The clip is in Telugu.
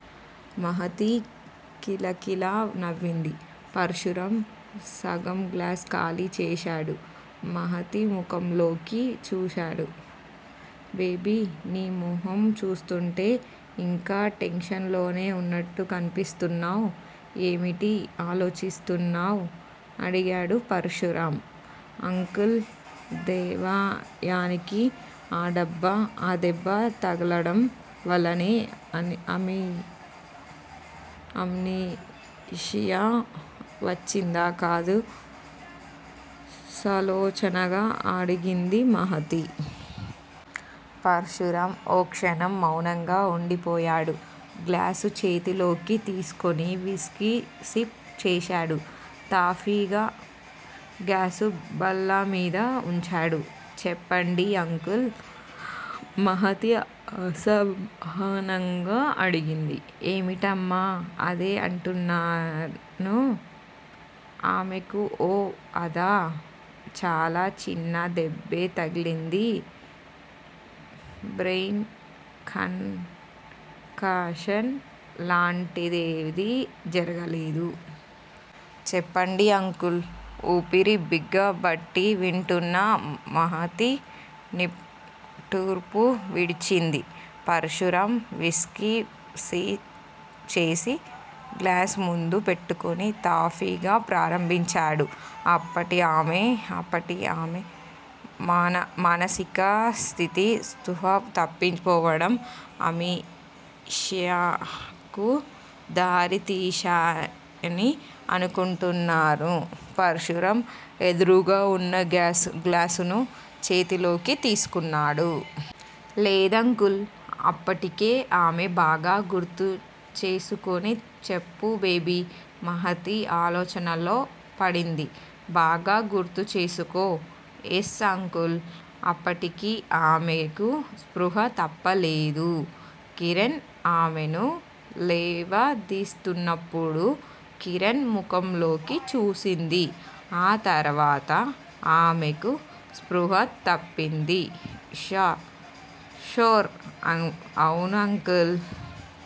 మహతి కిలకిలా నవ్వింది. పరశురాం సగం గ్లాసు ఖాళీ చేశాడు. మహతి ముఖంలోకి చూశాడు. బేబీ నీ మొహం చూస్తుంటే ఇంకా టెన్షన్‌లోనే ఉన్నట్టు కనిపిస్తున్నావ్. ఏమిటి ఆలోచిస్తున్నావ్? అడిగాడు పరశురాం. అంకుల్ దేవయానికి ఆ దెబ్బ తగలడం వల్లనే అమ్నీషియా వచ్చిందా కదూ సాలోచనగా అడిగింది మహతి. పరశురాం ఓ క్షణం మౌనంగా ఉండిపోయాడు. గ్లాసు చేతిలోకి తీసుకుని విస్కీ సిప్ చేశాడు. తాపీగా గ్లాసు బల్ల మీద ఉంచాడు. చెప్పండి అంకుల్ మహతి అసహనంగా అడిగింది. ఏమిటమ్మా! అదే అంటున్నాను. ఆమెకు ఓ అదా? చాలా చిన్న దెబ్బే తగిలింది. బ్రెయిన్ కన్‌కషన్ లాంటిదేది జరగలేదు. చెప్పండి అంకుల్ ఊపిరి బిగబట్టి వింటున్న మహతి నిట్టూర్పు విడిచింది. పరశురాం విస్కీ సిప్ చేసి గ్లాసు ముందు పెట్టుకుని తాపీగా ప్రారంభించాడు. అప్పటి ఆమె అప్పటి ఆమె మానసిక స్థితి స్పృహ తప్పిపోవడం అమీషియాకు దారి తీశాయని అనుకుంటున్నాను. పరశురాం ఎదురుగా ఉన్న గ్లాసును చేతిలోకి తీసుకున్నాడు. లేదంకుల్. అప్పటికే ఆమె... బాగా గుర్తుచేసుకుని చెప్పు బేబీ. మహతి ఆలోచనలో పడింది. బాగా గుర్తు చేసుకో. Yes uncle. అప్పటికి ఆమెకు స్పృహ తప్పలేదు. కిరణ్ ఆమెను లేవదీస్తున్నప్పుడు కిరణ్ ముఖంలోకి చూసింది. ఆ తర్వాత ఆమెకు స్పృహ తప్పింది. ష్యూర్! అవును అంకుల్.